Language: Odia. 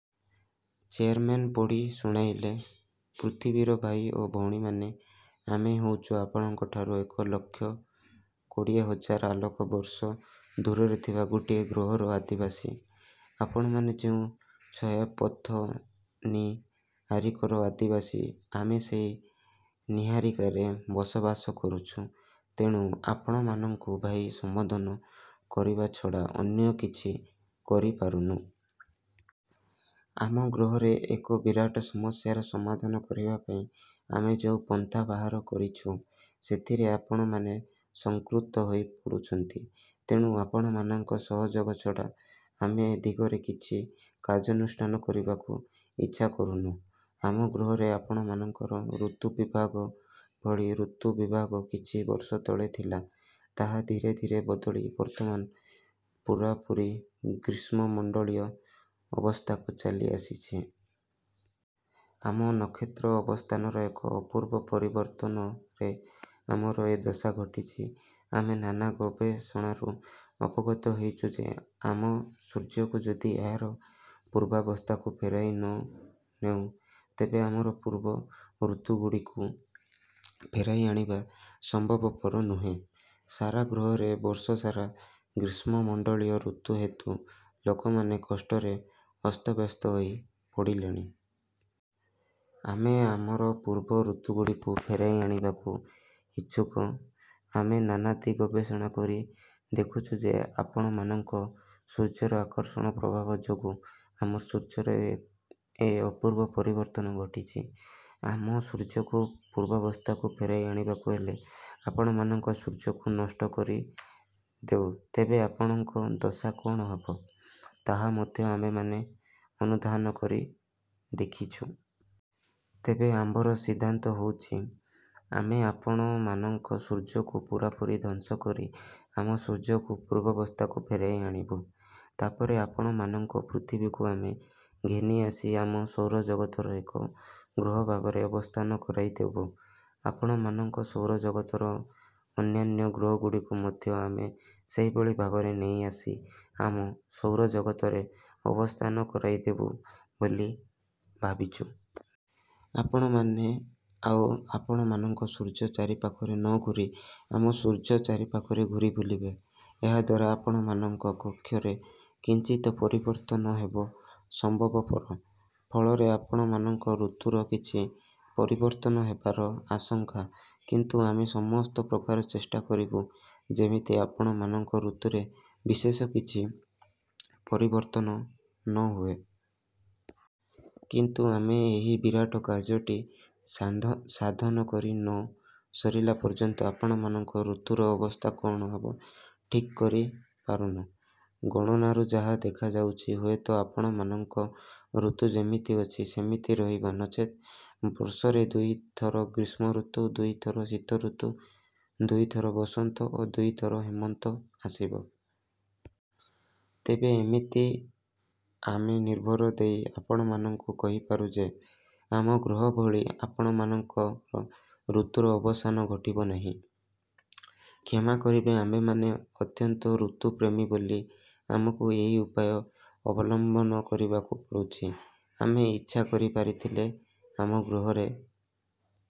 ଚେୟାରମେନ୍ ପଢ଼ି ଶୁଣାଇଲେ। ପୃଥିବୀର ଭାଇ ଓ ଭଉଣୀମାନେ ଆମେ ହେଉଛୁ ଆପଣଙ୍କଠାରୁ ଏକ ଲକ୍ଷ କୋଡ଼ିଏ ହଜାର ଆଲୋକ ବର୍ଷ ଦୂରରେ ଥିବା ଗୋଟିଏ ଗ୍ରହର ଆଧିବାସୀ। ଆପଣମାନେ ଯେଉଁ ଛାୟାପଥନିହାରିକର ଆଦିବାସୀ ଆମେ ସେହି ନିହାରିକାରେ ବସବାସ କରୁଛୁ। ତେଣୁ ଆପଣମାନଙ୍କୁ ଭାଇ ସମ୍ବୋଧନ କରିବା ଛଡ଼ା ଅନ୍ୟ କିଛି କରି ପାରୁନୁ। ଆମ ଗ୍ରହରେ ଏକ ବିରାଟ ସମସ୍ୟାର ସମାଧାନ କରିବାପାଇଁ ଆମେ ଯେଉଁ ପନ୍ଥା ବାହାର କରିଛୁଁ, ସେଥିରେ ଆପଣମାନେ ସମ୍ପୃକ୍ତ ହୋଇ ପଡ଼ୁଛନ୍ତି। ତେଣୁ ଆପଣମାନଙ୍କ ସହଯୋଗ ଛଡ଼ା ଆମେ ଏ ଦିଗରେ କିଛି କାର୍ଯ୍ୟାନୁଷ୍ଠାନ କରିବାକୁ ଇଚ୍ଛା କରୁନୁ। ଆମ ଗ୍ରହରେ ଆପଣମାନଙ୍କର ଋତୁ ବିଭାଗ ଭଳି ଋତୁ ବିଭାଗ କିଛି ବର୍ଷ ତଳେ ଥିଲା, ତାହା ଧୀରେ ଧୀରେ ବଦଳି ବର୍ତ୍ତମାନ ପୂରାପୂରି ଗ୍ରୀଷ୍ମ ମଣ୍ଡଳୀୟ ଅବସ୍ଥାକୁ ଚାଲି ଆସିଛି। ଆମ ନକ୍ଷତ୍ର ଅବସ୍ଥାନର ଏକ ଅପୂର୍ବ ପରିବର୍ତ୍ତନରେ ଆମର ଏ ଦଶା ଘଟିଛି। ଆମେ ନାନା ଗବେଷଣାରୁ ଅବଗତ ହୋଇଛୁ ଯେ ଆମ ସୂର୍ଯ୍ୟକୁ ଯଦି ଏହାର ପୂର୍ବାବସ୍ଥାକୁ ଫେରାଇ ନ ନେଉ, ତବେ ଆମର ପୂର୍ବ ଋତୁଗୁଡ଼ିକୁ ଫେରାଇ ଆଣିବା ସମ୍ଭବପର ନୁହେଁ। ସାରାଗ୍ରହରେ ବର୍ଷ ସାରା ଗ୍ରୀଷ୍ମ ମଣ୍ଡଳୀୟ ଋତୁ ହେତୁ ଲୋକମାନେ କଷ୍ଟରେ ଅସ୍ତବ୍ୟସ୍ତ ହୋଇ ପଡ଼ିଲେଣି। ଆମେ ଆମର ପୂର୍ବ ଋତୁଗୁଡ଼ିକୁ ଫେରାଇ ଆଣିବାକୁ ଇଛୁକ। ଆମେ ନାନାଦି ଗବେଷଣା କରି ଦେଖିଛୁ ଯେ ଆପଣମାନଙ୍କ ସୂର୍ଯ୍ୟର ଆକର୍ଷଣ ପ୍ରଭାବ ଯୋଗୁଁ ଆମ ସୂର୍ଯ୍ୟର ଏ ଅପୂର୍ବ ପରିବର୍ତ୍ତନ ଘଟିଛି। ଆମ ସୂର୍ଯ୍ୟକୁ ପୂର୍ବାବସ୍ଥାକୁ ଫେରାଇ ଆଣିବାକୁ ହେଲେ ଆପଣମାନଙ୍କ ସୂର୍ଯ୍ୟକୁ ନଷ୍ଟ କରିଦେଉଁ, ତେବେ ଆପଣମାନଙ୍କ ଦଶା କଣ ହେବ, ତାହା ମଧ୍ୟ ଆମ୍ଭେମାନେ ଅନୁଧ୍ୟାନ କରି ଦେଖିଛୁ। ତେବେ ଆମର ସିଦ୍ଧାନ୍ତ ହେଉଛି, ଆମେ ଆପଣମାନଙ୍କ ସୂର୍ଯ୍ୟକୁ ପୂରାପୂରି ଧ୍ୱଂସ କରି ଆମ ସୂର୍ଯ୍ୟକୁ ପୂର୍ବାବସ୍ଥାକୁ ଫେରାଇ ଆଣିବୁ; ତାପରେ ଆପଣମାନଙ୍କ ପୃଥିବୀକୁ ଆମେ ଘେନି ଆସି ଆମ ସୌରଜଗତର ଏକ ଗ୍ରହ ଭାବରେ ଅବସ୍ଥାନ କରାଇ ଦେବୁ ଆପଣମାନଙ୍କ ସୌରଜଗତର ଅନ୍ୟାନ୍ୟ ଗ୍ରହଗୁଡ଼ିକୁ ମଧ୍ୟ ଆମେ ସେହିଭଳି ଭାବରେ ନେଇ ଆସି ଆମ ସୌରଜଗତରେ ଅବସ୍ଥାନ କରାଇଦେବୁ ବୋଲି ଭାବିଛୁ। ଆପଣମାନେ ଆଉ ଆପଣମାନଙ୍କ ସୂର୍ଯ୍ୟ ଚାରିପାଖରେ ନ ଘୂରି ଆମ ସୂର୍ଯ୍ୟ ଚାରିପାଖରେ ଘୂରି ବୁଲିବେ। ଏହା ଦ୍ୱାରା ଆପଣମାନଙ୍କ କକ୍ଷରେ କିଞ୍ଚିତ ପରିବର୍ତ୍ତନ ହେବ ସମ୍ଭବପର; ଫଳରେ ଆପଣମାନଙ୍କ ଋତୁର କିଛି ପରିବର୍ତ୍ତନ ହେବାର ଆଶଙ୍କା। କିନ୍ତୁ ଆମେ ସମସ୍ତ ପ୍ରକାର ଚେଷ୍ଟା କରିବୁଁ ଯେମିତି ଆପଣମାନଙ୍କ ଋତୁରେ ବିଶେଷ କିଛ ପରିବର୍ତ୍ତନ ନ ହୁଏ। କିନ୍ତୁ ଆମେ ଏହି ବିରାଟ କାର୍ଯ୍ୟଟି ସାଧନ କରି ନ ସରିଲା ପର୍ଯ୍ୟନ୍ତ ଆପଣମାନଙ୍କ ଋତୁର ଅବସ୍ଥା କଣ ହେବ ଠିକ୍ କରି କହିପାରୁନୁ। ଗଣନାରୁ ଯାହା ଦେଖାଯାଉଛି ହୁଏତ ଆପଣମାନଙ୍କ ଋତୁ ଯେମିତି ଅଛି ସେମିତି ରହିବ ନଚେତ୍ ବର୍ଷରେ ଦୁଇ ଥର ଗ୍ରୀଷ୍ମ ଋତୁ, ଦୁଇ ଥର ଶୀତଋତୁ, ଦୁଇ ଥର ବସନ୍ତ ଓ ଦୁଇଥର ହେମନ୍ତ ଆସିବ। ତେବେ ଏତିକି ଆମେନିର୍ଭର ଦେଇ ଆପଣମାନଙ୍କୁ କହିପାରୁ ଯେ ଆମ ଗ୍ରହ ଭଳି ଆପଣମାନଙ୍କର ଋତୁର ଅବସାନ ଘଟିବ ନାହିଁ। କ୍ଷମା କରିବେ ଆମ୍ଭେମାନେ ଅତ୍ୟନ୍ତ ଋତୁପ୍ରେମୀ ବୋଲି ଆମକୁ ଏହି ଉପାୟ ଅବଲମ୍ବନ କରିବାକୁ ପଡ଼ୁଛି। ଆମେ ଇଛା କରିପାରିଥିଲେ ଆମ ଗ୍ରହରେ--